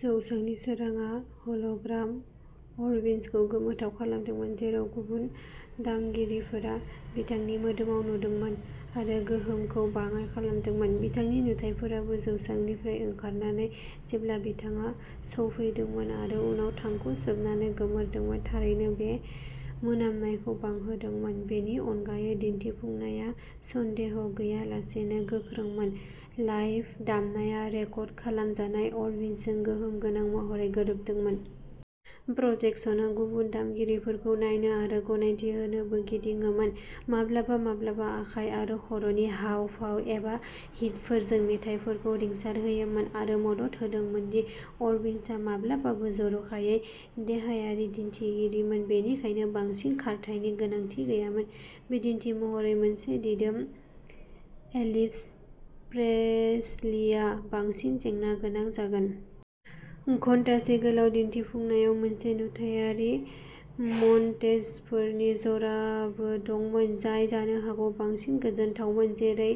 जौसांनि सोरांआ हल'ग्राम अरबिसनखौ गोमोथाव खालामदोंमोन, जेराव गुबुन दामगिरिफोरा बिथांनि मोदोमाव नुदोंमोन आरो गोहोमखौ बाङाइ खालामदोंमोन। बिथांनि नुथाइफोराबो जौसांनिफ्राय ओंखारनानै जेब्ला बिथाङा सौफैदोंमोन आरो उनाव थांखु सोबनानै गोमोरदोंमोन थारैनो बे मोनामनायखौ बांहोदोंमोन। बेनि अनगायै, दिन्थिफुंनाया सन्देह गैयालासेनो गोख्रोंमोन, लाइभ दामनाया रेकर्ड खालामजानाय अरबिसनजों गोहोम गोनां महरै गोरोबदोंमोन। प्रजेकसनआ गुबुन दामगिरिफोरखौ नायनो आरो गनायथि होनोबो गिदिङोमोन, माब्लाबा माब्लाबा आखाइ आरो खर'नि हाव भाव एबा हिटफोरजों मेथाइफोरखौ रिंसारहोयोमोन। बेयो मदद होदोंमोन दि अरबिसनआ माब्लाबाबो जर'खायै देहायारि दिन्थिगिरिमोन, बेनिखायनो बांसिन खारथायनि गोनांथि गैयामोन, बिदिन्थि महरै, मोनसे दिदोम एल्विस प्रेस्लीआ बांसिन जेंना गोनां जागोन। घन्टासे गोलाव दिन्थिफुंनायाव मोनसे नुथायारि मन्टेजफोरनि जराबो दंमोन जाय जानो हागौ बांसिन गोजोनथावमोन, जेरै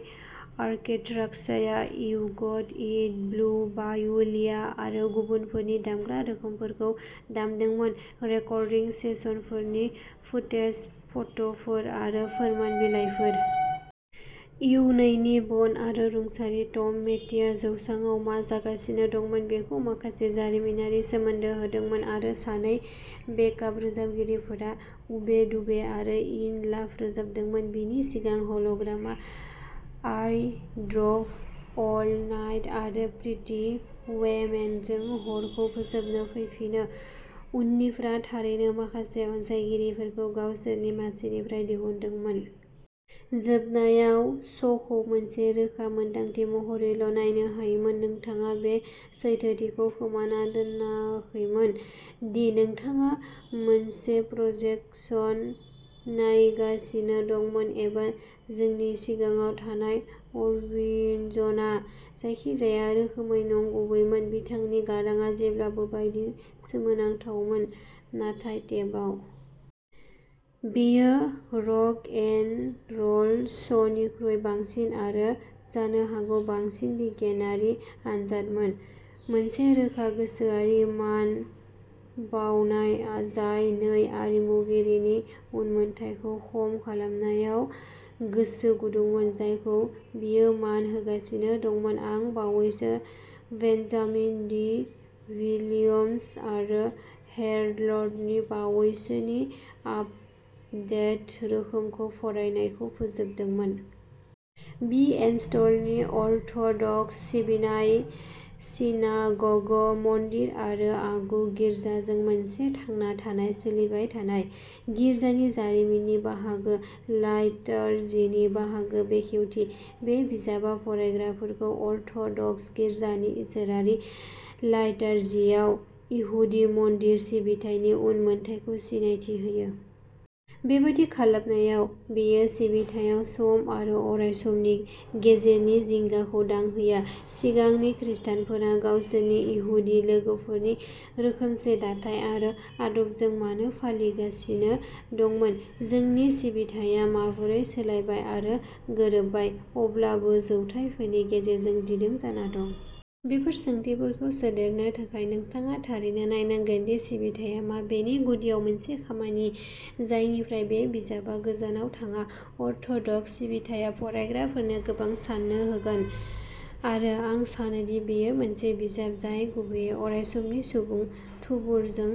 अर्केस्ट्राया you got it, blue bayou, लिया आरो गुबुनफोरनि दामग्रा रोखोमफोरखौ दामदोंमोन, रेकर्डिं सेसनफोरनि फुटेज, फट'फोर आरो फोरमान बिलाइफोर। इउ नैनि बन' आरो रुंसारि टम पेटिआ जौसाङाव मा जागासिनो दंमोन बेखौ माखासे जारिमिनारि सोमोन्दो होदोंमोन आरो सानै बेकआप रोजाबगिरिफोरा उबे डुबे आरो इन लाभ रोजाबदोंमोन, बिनि सिगां हल'ग्रामआ आई ड्र'भ अल नाइट आरो प्रिटि वुमेनजों हरखौ फोजोबनो फैफिनो, उननिफ्रा थारैनो माखासे अनसायगिरिफोरखौ गावसोरनि मासिनिफ्राय दिहुनदोंमोन। जोबनायाव, श'खौ मोनसे रोखा मोन्दांथि महरैल' नायनो हायोमोन। नोंथाङा बे सैथोथिखौ खोमाना दोन्नाखैमोन दि नोंथाङा मोनसे प्रजेकसन नायगासिनो दंमोन एबा जोंनि सिगाङाव थानाय अरबिजनआ जायखिजाया रोखोमै नंगुबै मोन। बिथांनि गारांआ जेब्लाबो बायदि सोमोनांथावमोन नाथाय टेपआव। बेयो रक एन र'ल श'निख्रुइ बांसिन आरो जानो हागौ बांसिन बिगियानारि आनजादमोन, मोनसे रोखा गोसोआरि मान बाउनाय जाय बै आरिमुगिरिनि उनमोनथायखौ खम खालामनायाव गोसो गुदुंमोन जायखौ बियो मान होगासिनो दंमोन। आं बावैसो बेन्जामिन डी विलियम्स आरो हेरल्डनि बावैसोनि आपडेटेड रोखोमखौ फरायनायखौ फोजोबदों। बि एन्स्टलनि अर्थ'डक्स सिबिनाय सिनाग'ग, मन्दिर आरो आगु गिर्जाजों मोनसे थांना थानाय सोलिबाय थानाय। गिर्जानि जारिमिननि बाहागो, लाइटारजिनि बाहागो बेखेवथि, बे बिजाबआ फरायग्राफोरखौ अर्थ'डक्स गिर्जानि इसोरारि लाइटारजियाव इहुदि मन्दिर सिबिथायनि उनमोनथाइखौ सिनायथि होयो। बेबादि खालामनायाव, बेयो सिबिथायाव सम आरो अरायसमनि गेजेरनि जिंगाखौ दांहोयो। सिगांनि खृस्टानफोरा गावसोरनि इहुदि लोगोफोरनि रोखोमसे दाथाय आरो आदबजों मानो फालिगासिनो दंमोन? जोंनि सिबिथाया माबोरै सोलायबाय आरो गोरोबबाय, अब्लाबो जौथायफोरनि गेजेरजों दिदोम जाना दं? बेफोर सोंथिफोरखौ सोदेरनो थाखाय, नोंथाङा थारैनो नायनांगोन दि सिबिथाया मा, बेनि गुदियाव मोनसे खामानि जायनिफ्राय बे बिजाबआ गोजानाव थाङा। अर्थ'डक्स सिबिथाया फरायग्राफोरनो गोबां साननो होगोन आरो आं सानोदि बेयो मोनसे बिजाब जाय गुबैयै अरायसमनि सुबुं थुबुरजों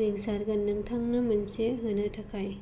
रिंसारगोन। नोंथांनो मोनसे होनो थाखाय।